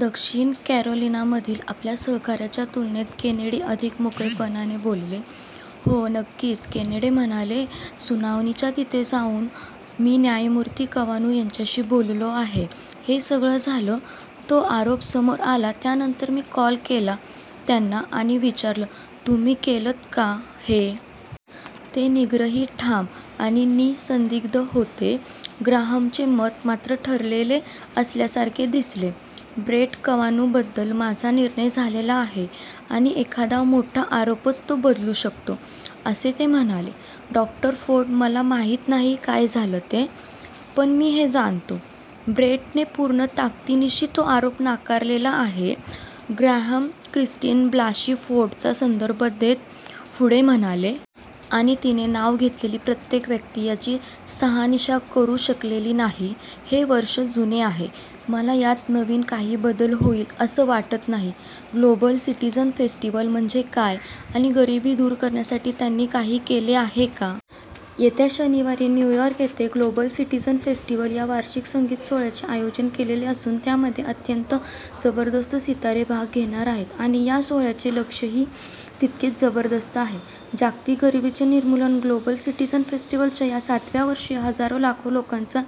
दक्षिण कॅरोलिनामधील आपल्या सहकाऱ्याच्या तुलनेत केनेडी अधिक मोकळेपणाने बोलले. "हो, नक्कीच," केनेडी म्हणाले. "सुनावणीच्या तिथे जाऊन मी न्यायमूर्ती कवानु यांच्याशी बोललो आहे. हे सगळं झालं, तो आरोप समोर आला त्यानंतर मी कॉल केला त्यांना आणि विचारलं, 'तुम्ही केलंत का हे? ' ते निग्रही, ठाम आणि निःसंदिग्ध होते. " ग्रॅहमचे मत, मात्र, ठरलेले असल्यासारखे दिसले. "ब्रेट कवानुबद्दल माझा निर्णय झालेला आहे आणि एखादा मोठा आरोपच तो बदलू शकतो," असे ते म्हणाले. "डॉ. फोर्ड, मला माहीत नाही काय झालं ते, पण मी हे जाणतो: ब्रेटने पूर्ण ताकदीनिशी तो आरोप नाकारलेला आहे," ग्रॅहम क्रिस्टिन ब्लासी फोर्डचा संदर्भ देत पुढे म्हणाले. "आणि तिने नाव घेतलेली प्रत्येक व्यक्ती याची शहानिशा करू शकलेली नाही. हे वर्षे जुनं आहे. मला यात नवीन काही बदल होईल असं वाटत नाही. " ग्लोबल सिटीझन फेस्टिव्हल म्हणजे काय आणि गरिबी दूर करण्यासाठी त्यांनी काही केले आहे का? येत्या शनिवारी न्यूयॉर्क येथे ग्लोबल सिटिझन फेस्टिव्हल या वार्षिक संगीत सोहोळ्याचे आयोजन केलेले असून त्यामध्ये अत्यंत जबरदस्त सितारे भाग घेणार आहेत आणि या सोहोळ्याचे लक्ष्यही तितकेच जबरदस्त आहे; जागतिक गरिबीचे निर्मूलन. ग्लोबल सिटीझन फेस्टिव्हलच्या या सातव्या वर्षी हजारो लाखो लोकांचा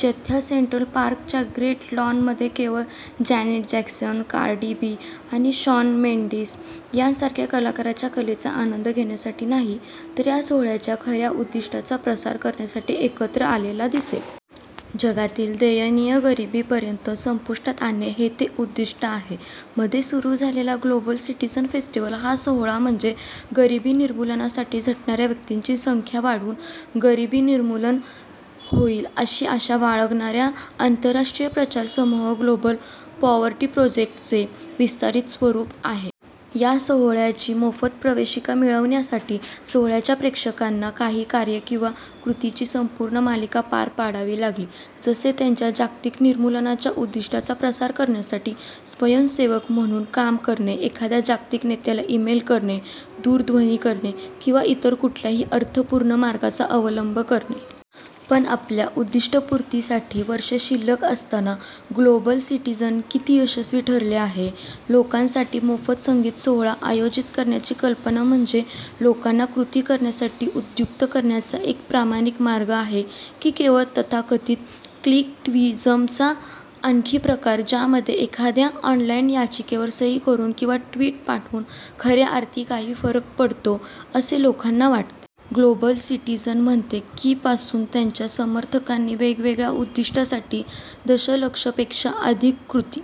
जत्था सेंट्रल पार्कच्या ग्रेट लॉनमध्ये केवळ जॅनेट जॅक्सन, कार्डी बी आणि शॉन मेन्डिस यांसारख्या कलाकारांच्या कलेचा आनंद घेण्यासाठी नाही तर या सोहोळ्याच्या खऱ्या उद्दिष्टाचा प्रसार करण्यासाठी एकत्र आलेला दिसेल. जगातील दयनीय गरिबी पर्यंत संपुष्टात आणणे हे ते उद्दिष्ट आहे. मध्ये सुरु झालेला ग्लोबल सिटीझन फेस्टिव्हल हा सोहोळा म्हणजे गरिबी निर्मूलनासाठी झटणाऱ्या व्यक्तींची संख्या वाढवून गरिबी निर्मूलन होईल अशी आशा बाळगणाऱ्या आंतरराष्ट्रीय प्रचार समूह ग्लोबल पॉवर्टी प्रोजेक्टचे विस्तारीत स्वरूप आहे. या सोहोळ्याची मोफत प्रवेशिका मिळविण्यासाठी, सोहोळ्याच्या प्रेक्षकांना काही कार्ये किंवा "कृतींची" संपूर्ण मालिका पार पाडावी लागली. जसे त्यांच्या जागतिक निर्मूलनाच्या उद्दिष्टाचा प्रसार करण्यासाठी स्वयंसेवक म्हणून काम करणे, एखाद्या जागतिक नेत्याला ईमेल करणे, दूरध्वनी करणे किंवा इतर कुठल्याही अर्थपूर्ण मार्गाचा अवलंब करणे. पण आपल्या उद्दिष्टपूर्तीसाठी वर्षे शिल्लक असताना ग्लोबल सिटीझन किती यशस्वी ठरले आहे? लोकांसाठी मोफत संगीत सोहोळा आयोजित करण्याची कल्पना म्हणजे लोकांना कृती करण्यासाठी उद्युक्त करण्याचा एक प्रामाणिक मार्ग आहे की केवळ तथाकथित "क्लिकटिव्हिजम" चा आणखी प्रकार-ज्यामध्ये एखाद्या ऑनलाईन याचिकेवर सही करून किंवा ट्विट पाठवून खऱ्या अर्थी काही फरक पडतो असे लोकांना वाटते? ग्लोबल सिटीझन म्हणते की पासून त्यांच्या समर्थकांनी वेगवेगळ्या उद्दिष्टांसाठी दशलक्षपेक्षा अधिक "कृती"